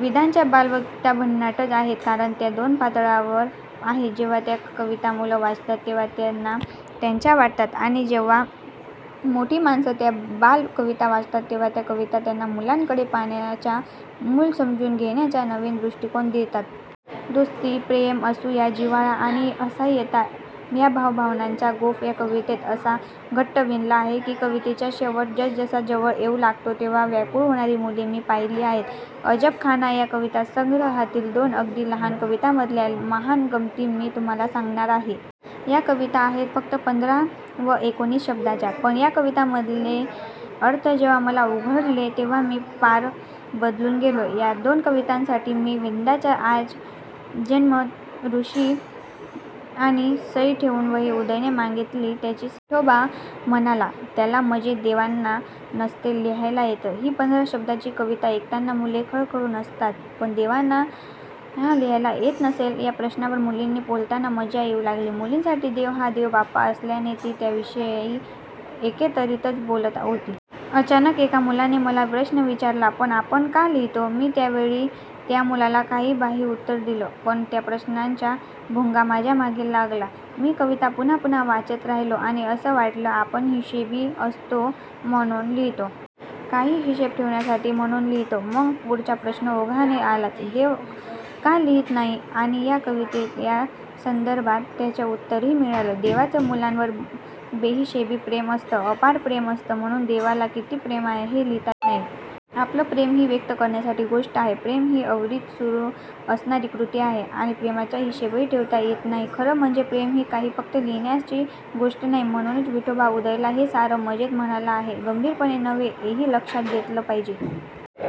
विंदांच्या बालकविता भन्नाटच आहेत. कारण त्या दोन पातळ्यांवर आहेत. जेव्हा त्या कविता मुलं वाचतात तेव्हा त्या त्यांना त्यांच्या वाटतात. आणि जेव्हा मोठी माणसं त्या बालकविता वाचतात तेव्हा त्या कविता त्यांना मुलांकडे पाहण्याचा, मूल समजून घेण्याचा नवीन दृष्टिकोन देतात. दोस्ती, प्रेम, असूया, जिव्हाळा आणि असाहाय्यता या भावभावनांचा गोफ या कवितेत असा घट्ट विणला आहे की, कवितेचा शेवट जसजसा जवळ येऊ लागतो तेव्हा व्याकूळ होणारी मुले मी पाहिली आहेत. अजबखाना या कविता संग्रहातील दोन अगदी लहान कवितांमधल्या महान गमती मी तुम्हांला सांगणार आहे. या कविता आहेत फक्त पंधरा व एकोणीस शब्दांच्या. पण या कवितांमधले अर्थ जेव्हा मला उलगडले तेव्हा मी पार बदलून गेलो. या दोन कवितांसाठी मी विंदांचा आजन्म ऋणी आहे. सही ठेवून वही उदयने मागितली त्याची सही. विठोबा म्हणाला त्याला मजेत, देवांना नसते लिहायला येत! ही पंधरा शब्दांची कविता ऐकताना मुले खळखळून हसतात. पण देवांना का लिहायला येत नसेल? या प्रश्नावर मुलांशी बोलताना मजा येऊ लागली. मुलांसाठी देव हा देवबाप्पा असल्याने ती त्या याविषयी एकेरीतच बोलत होती. अचानक एका मुलाने मला प्रश्न विचारला, पण आपण का लिहितो? मी त्यावेळी त्या मुलाला काहीबाही उत्तर दिलं. पण त्या प्रश्नाचा भुंगा माझ्यामागे लागला. मी कविता पुन्हा पुन्हा वाचत राहिलो आणि असं वाटलं, आपण हिशेबी असतो म्हणून लिहितो. काही हिशेब ठेवण्यासाठी म्हणून लिहितो. मग पुढचा प्रश्न ओघाने आलाच. देव का लिहीत नाही? आणि या कविते या संदर्भात त्याचं उत्तरही मिळालं. देवाचं मुलांवर बेहिशेबी प्रेम असतं, अपार प्रेम असतं म्हणून देवाला किती प्रेम आहे हे लिहिता येत नाही. आपलं प्रेम ही व्यक्त करण्याची गोष्ट आहे, प्रेम ही अविरत सुरू असणारी कृती आहे आणि प्रेमाचा हिशेबही ठेवता येत नाही. खरं म्हणजे, प्रेम ही काही फक्त लिहिण्याची गोष्ट नाही. म्हणूनच विठोबा उदयला हे सारं मजेत म्हणाला आहे, गंभीरपणे नव्हे, हेही लक्षात घेतलं पाहिजे.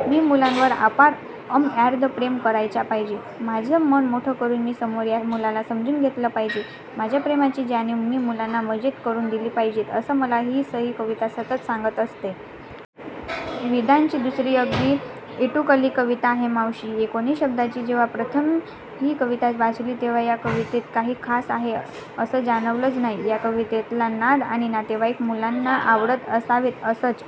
मी मुलांवर अपार, अमर्याद प्रेम करायला पाहिजे. माझं मन मोठं करून मी समोर या मुलाला समजून घेतलं पाहिजे. माझ्या प्रेमाची जाणीव मी मुलांना मजेत करून दिली पाहिजे, असं मला ही सही कविता सतत सांगत असते. विंदांची दुसरी अगदी इटुकली कविता आहे, मावशी. एकोणीस शब्दांची! जेव्हा प्रथम ही कविता वाचली तेव्हा या कवितेत काही खास आहे, असं जाणवलंच नाही. या कवितेतला नाद आणि नातेवाईक मुलांना आवडत असावेत असंच